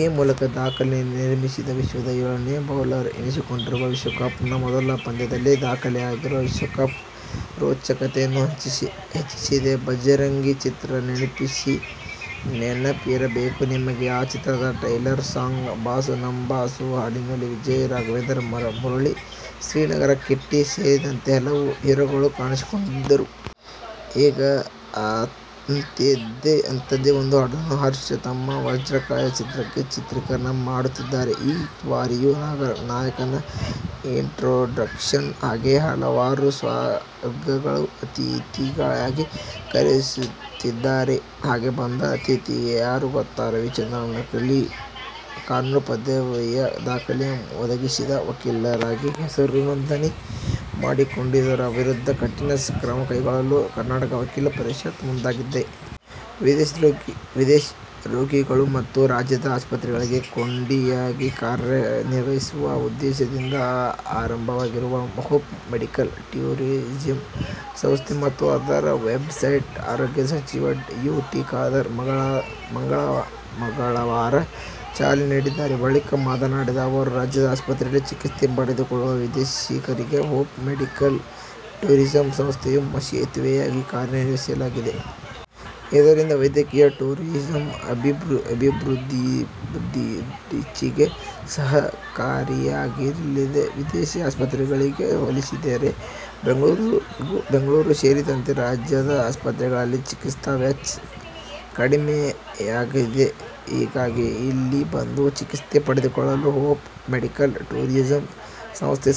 ಈ ಮೂಲಕ ದಾಖಲೆ ನಿರ್ಮಿಸಿದ ವಿಶ್ವದ ಏಳನೇ ಬೌಲರ್ ಎನಿಸಿಕೊಂಡರು. ವಿಶ್ವಕಪ್ನ ಮೊದಲ ಪಂದ್ಯದಲ್ಲೇ ದಾಖಲೆಯಾಗಿ ವಿಶ್ವಕಪ್ ರೋಚತೆಯನ್ನು ಹೆಚ್ಚಿಸಿದೆ. ಭಜರಂಗಿ' ಚಿತ್ರ ನೆನಪಿರಬೇಕು ನಿಮಗೆ. ಆ ಚಿತ್ರದ ಟೈಟಲ್ ಸಾಂಗ್ "ಬಾಸು ನಮ್ ಬಾಸು' ಹಾಡಿನಲ್ಲಿ ವಿಜಯ್ ರಾಘವೇಂದ್ರ, ಮುರಳಿ, ಶ್ರೀನಗರ ಕಿಟ್ಟಿ ಸೇರಿದಂತೆ ಹಲವು ಹೀರೋಗಳು ಕಾಣಿಸಿಕೊಂಡಿದ್ದರು. ಈಗ ಅಂಥದ್ದೇ ಒಂದು ಹಾಡನ್ನು ಹರ್ಷ ತಮ್ಮ ವಜ್ರಕಾಯ ಚಿತ್ರಕ್ಕೆ ಚಿತ್ರೀಕರಣ ಮಾಡುತ್ತಿದ್ದಾರೆ. ಈ ಬಾರಿಯೂ ನಾಯಕನ ಇಂಟ್ರೊಡಕ್ಷನ್ ಹಾಡಿಗೆ ಹಲವು ಸ್ಟಾರ್ಗಳನ್ನು ಅತಿಥಿಯಾಗಿ ಕರೆಸುತ್ತಿದ್ದಾರೆ. ಹಾಗೆ ಬಂದ ಅತಿಥಿ ಯಾರು ಗೊತ್ತಾ ರವಿಚಂದ್ರನ್. ನಕಲಿ ಕಾನೂನು ಪದವಿಯ ದಾಖಲೆ ಒದಗಿಸಿ ವಕೀಲರಾಗಿ ಹೆಸರು ನೋಂದಣಿ ಮಾಡಿಸಿಕೊಂಡವರ ವಿರುದ್ಧ ಕಠಿಣ ಕ್ರಮ ಕೈಗೊಳ್ಳಲು ಕರ್ನಾಟಕ ವಕೀಲರ ಪರಿಷತ್ ಮುಂದಾಗಿದೆ. ವಿದೇಶಿ ರೋಗಿಗಳು ಮತ್ತು ರಾಜ್ಯದ ಆಸ್ಪತ್ರೆಗಳಿಗೆ ಕೊಂಡಿಯಾಗಿ ಕಾರ್ಯನಿರ್ವಹಿಸುವ ಉದ್ದೇಶದಿಂದ ಆರಂಭವಾಗಿರುವ ಹೋಪ್ ಮೆಡಿಕಲ್ ಟೂರಿಸಂ ಸಂಸ್ಥೆ ಮತ್ತು ಅದರ ವೆಬ್ಸೈಟ್ಗೆ ಆರೋಗ್ಯ ಸಚಿವ ಯು. ಟಿ. ಖಾದರ್ ಮಂಗಳವಾರ ಚಾಲನೆ ನೀಡಿದ್ದಾರೆ. ಬಳಿಕ ಮಾತನಾಡಿದ ಅವರು, ರಾಜ್ಯದ ಆಸ್ಪತ್ರೆಗಳಲ್ಲಿ ಚಿಕಿತ್ಸೆ ಪಡೆದುಕೊಳ್ಳುವ ವಿದೇಶಿಗರಿಗೆ ಹೋಪ್ ಮೆಡಿಕಲ್ ಟೂರಿಸಂ ಸಂಸ್ಥೆಯು ಸೇತುವೆಯಾಗಿ ಕಾರ್ಯನಿರ್ವಹಿಸಲಿದೆ. ಇದರಿಂದ ವೈದ್ಯಕೀಯ ಟೂರಿಸಂ ಅಭಿವೃದಿಟಛಿಗೆ ಸಹಕಾರಿಯಾಗಲಿದೆ. ವಿದೇಶಿ ಆಸ್ಪತ್ರೆಗಳಿಗೆ ಹೋಲಿಸಿದರೆ ಬೆಂಗಳೂರು ಸೇರಿದಂತೆ ರಾಜ್ಯದಆಸ್ಪತ್ರೆಗಳಲ್ಲಿ ಚಿಕಿತ್ಸಾ ವೆಚ್ಚ ಕಡಿಮೆಯಾಗಿದೆ. ಹೀಗಾಗಿ ಇಲ್ಲಿ ಬಂದು ಚಿಕಿತ್ಸೆ ಪಡೆದುಕೊಳ್ಳಲು ಹೋಪ್ ಮೆಡಿಕಲ್ ಟೂರಿಸಂ ಸಂಸ್ಥೆ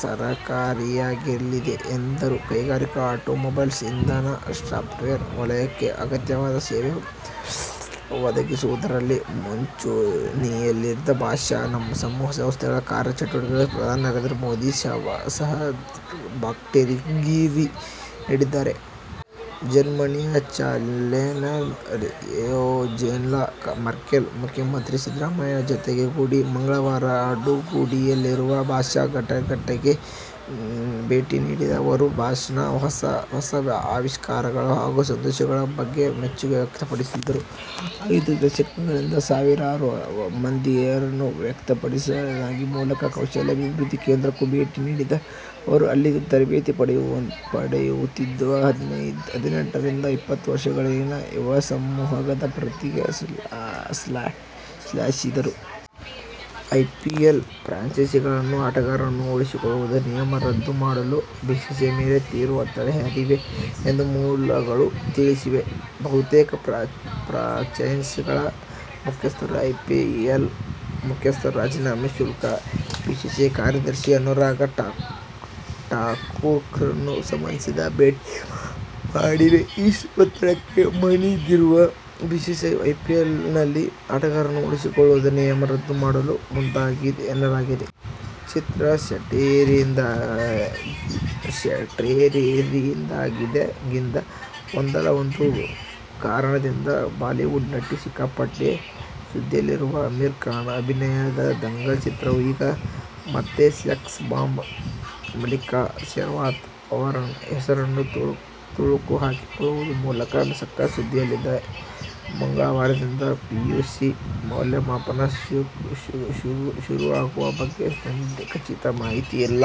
ಸಹಕಾರಿಯಾಗಲಿದೆ ಎಂದರು. ಕೈಗಾರಿಕೆ, ಆಟೋಮೊಬೈಲ್, ಇಂಧನ, ಸಾಫ್ಟ್ವೇರ್ ವಲಯಕ್ಕೆ ಅಗತ್ಯವಾದ ಸೇವೆ ಒದಗಿಸುವುದರಲ್ಲಿ ಮುಂಚೂಣಿಯಲ್ಲಿರುವ "ಬಾಷ್' ಸಮೂಹ ಸಂಸ್ಥೆಗಳ ಕಾರ್ಯ ಚಟುವಟಿಕೆಗೆ ಪ್ರಧಾನಿ ನರೇಂದ್ರ ಮೋದಿ ಶಹಬ್ಟಾಸ್ಗಿರಿ ನೀಡಿದ್ದಾರೆ. ಜರ್ಮನಿಯ ಚಾನ್ಸೆಲರ್ ಏಂಜೆಲಾ ಮರ್ಕೆಲ್, ಮುಖ್ಯಮಂತ್ರಿ ಸಿದ್ದರಾಮಯ್ಯ ಜತೆಗೂಡಿ ಮಂಗಳವಾರ ಆಡುಗೋಡಿಯಲ್ಲಿರುವ ಬಾಷ್ ಘಟಕಕ್ಕೆ ಭೇಟಿ ನೀಡಿದ್ದ ಅವರು, ಬಾಷ್ನ ಹೊಸ ಹೊಸ ಆವಿಷ್ಕಾರಗಳು ಹಾಗೂ ಸಂಶೋಧನೆಗಳ ಬಗ್ಗೆ ಮೆಚ್ಚುಗೆ ವ್ಯಕ್ತಪಡಿಸಿದರು. ಐದು ದಶಕಗಳಿಂದ ಸಾವಿರಾರು ಮಂದಿಯನ್ನು ವೃತ್ತಿಪರರನ್ನಾಗಿ ಮಾಡಿದ ಕೌಶಲ್ಯ ಅಭಿವೃದ್ಧಿ ಕೇಂದ್ರಕ್ಕೂ ಭೇಟಿ ನೀಡಿದ್ದ ಅವರು ಅಲ್ಲಿ ತರಬೇತಿ ಪಡೆಯುತ್ತಿರುವ ಹದಿನೆಂಟ ರಿಂದ ಇಪ್ಪತ್ತು ವರ್ಷದೊಳಗಿನ ಯುವಸಮೂಹದ ಪ್ರತಿಭೆಯನ್ನು ಶ್ಲಾಘಿಸಿದರು. ಐಪಿಎಲ್ ಫ್ರಾಂಚೈಸಿಗಳು ಆಟಗಾರರನ್ನು ಉಳಿಸಿಕೊಳ್ಳುವ ನಿಯಮ ರದ್ದು ಮಾಡಲು ಬಿಸಿಸಿಐ ಮೇಲೆ ತೀವ್ರ ಒತ್ತಡ ಹೇರಿವೆ ಎಂದು ಮೂಲಗಳು ತಿಳಿಸಿವೆ. ಬಹುತೇಕ ಫ್ರಾಂಚೈಸಿಗಳ ಮುಖ್ಯಸ್ಥರು ಐಪಿಎಎಲ್ ಮುಖ್ಯಸ್ಥ ರಾಜೀವ್ ಶುಕ್ಲಾ, ಬಿಸಿಸಿಐ ಕಾರ್ಯದರ್ಶಿ ಅನುರಾಗ್ ಠಾಕೂರ್ರನ್ನು ಈ ಸಂಬಂಧ ಭೇಟಿ ಮಾಡಿವೆ, ಈ ಒತ್ತಡಕ್ಕೆ ಮಣಿದಿರುವ ಬಿಸಿಸಿಐ ಐಪಿಎಲ್ನಲ್ಲಿ ಆಟಗಾರರನ್ನು ಉಳಿಸಿಕೊಳ್ಳುವ ನಿಯಮ ರದ್ದು ಮಾಡಲು ಮುಂದಾಗಿದೆ ಎನ್ನಲಾಗಿದೆ. ಚಿತ್ರ ಸೆಟ್ಟೇರಿದಾಗಿಂದ ಒಂದಲ್ಲ ಒಂದು ಕಾರಣದಿಂದ ಬಾಲಿವುಡ್ ನಲ್ಲಿ ಸಿಕ್ಕಾಪಟ್ಟೆ ಸುದ್ದಿಯಲ್ಲಿರುವ ಅಮೀರ್ ಖಾನ್ ಅಭಿನಯದ ದಂಗಲ್ ಚಿತ್ರವು ಈಗ ಮತ್ತೆ ಸೆಕ್ಸ್ ಬಾಂಬ್ ಮಲ್ಲಿಕಾ ಶೆರಾವತ್ ಹೆಸರನ್ನು ತಳುಕು ಹಾಕಿಸಿಕೊಳ್ಳುವ ಮೂಲಕ ಸಖತ್ ಸುದ್ದಿಯಲ್ಲಿದೆ. ಮಂಗಳವಾರದಿಂದ ಪಿಯುಸಿ ಮೌಲ್ಯಮಾಪನ ಶುರುವಾಗುವ ಬಗ್ಗೆ ಖಚಿತ ಮಾಹಿತಿ ಇಲ್ಲ.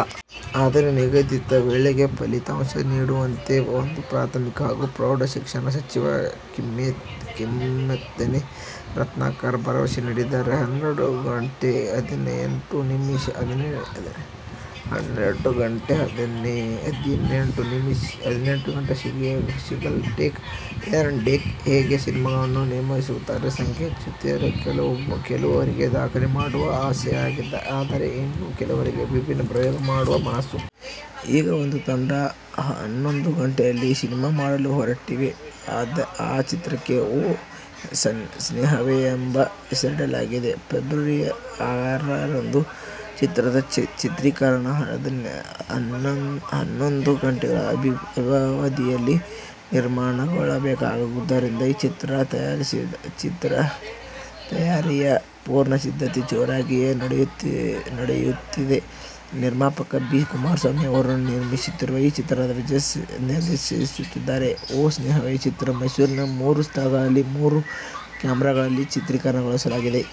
ಆದರೆ ನಿಗದಿತ ವೇಳೆಗೆ ಫಲಿತಾಂಶ ನೀಡುತ್ತೇವೆ ಎಂದು ಪ್ರಾಥಮಿಕ ಹಾಗೂ ಪ್ರೌಢ ಶಿಕ್ಷಣ ಸಚಿವ ಕಿಮ್ಮನೆ ರತ್ನಾಕರ್ ಭರವಸೆ ನೀಡಿದ್ದಾರೆ. ಹನ್ನೆರಡು ಗಂಟೆ, ಹದಿನೆಂಟು ಗಂಟೆ, ಸಿಂಗಲ್ ಟೇಕ್, ಒನ್ ಡೇ ಹೀಗೆ ಸಿನಿಮಾಗಳನ್ನು ನಿರ್ಮಿಸುವವರ ಸಂಖ್ಯೆ ಹೆಚ್ಚುತ್ತಿದೆ. ಕೆಲವರಿಗೆ ದಾಖಲೆ ಮಾಡುವ ಆಸೆಯಾದರೆ, ಇನ್ನು ಕೆಲವರಿಗೆ ವಿಭಿನ್ನ ಪ್ರಯೋಗ ಮಾಡುವ ಮನಸ್ಸು. ಈಗ ಒಂದು ತಂಡ ಹನ್ನೊಂದು ಗಂಟೆಯಲ್ಲಿ ಸಿನಿಮಾ ಮಾಡಲು ಹೊರಟಿದೆ. ಆ ಚಿತ್ರಕ್ಕೆ "ಓ ಸ್ನೇಹವೇ' ಎಂದು ಹೆಸರಿಡಲಾಗಿದೆ. ಫೆಬ್ರವರಿ ಆರರಂದು ಚಿತ್ರದ ಚಿತ್ರೀಕರಣ. ಹನ್ನೊಂದು ಗಂಟೆಗಳ ಅವಧಿಯಲ್ಲಿ ನಿರ್ಮಾಣಗೊಳ್ಳಬೇಕಾದ್ದರಿಂದ ಈ ಚಿತ್ರದ ತಯಾರಿಯ ಪೂರ್ವಸಿದ್ಧತೆ ಜೋರಾಗಿಯೇ ನಡೆಯುತ್ತಿದೆ. ನಿರ್ಮಾಪಕ ಬಿ. ಕುಮಾರಸ್ವಾಮಿ ಅವರು ನಿರ್ಮಿಸುತ್ತಿರುವ ಈ ಚಿತ್ರವನ್ನು ವಿಜಯ್ ನಿರ್ದೇಶಿಸುತ್ತಿದ್ದಾರೆ. "ಓ ಸ್ನೇಹವೇ' ಚಿತ್ರ ಮೈಸೂರಿನ ಮೂರು ಸ್ಥಳಗಳಲ್ಲಿ ಮೂರು ಕ್ಯಾಮರಾಗಳಲ್ಲಿ ಚಿತ್ರೀಕರಣಗೊಳ್ಳಲಿದೆ.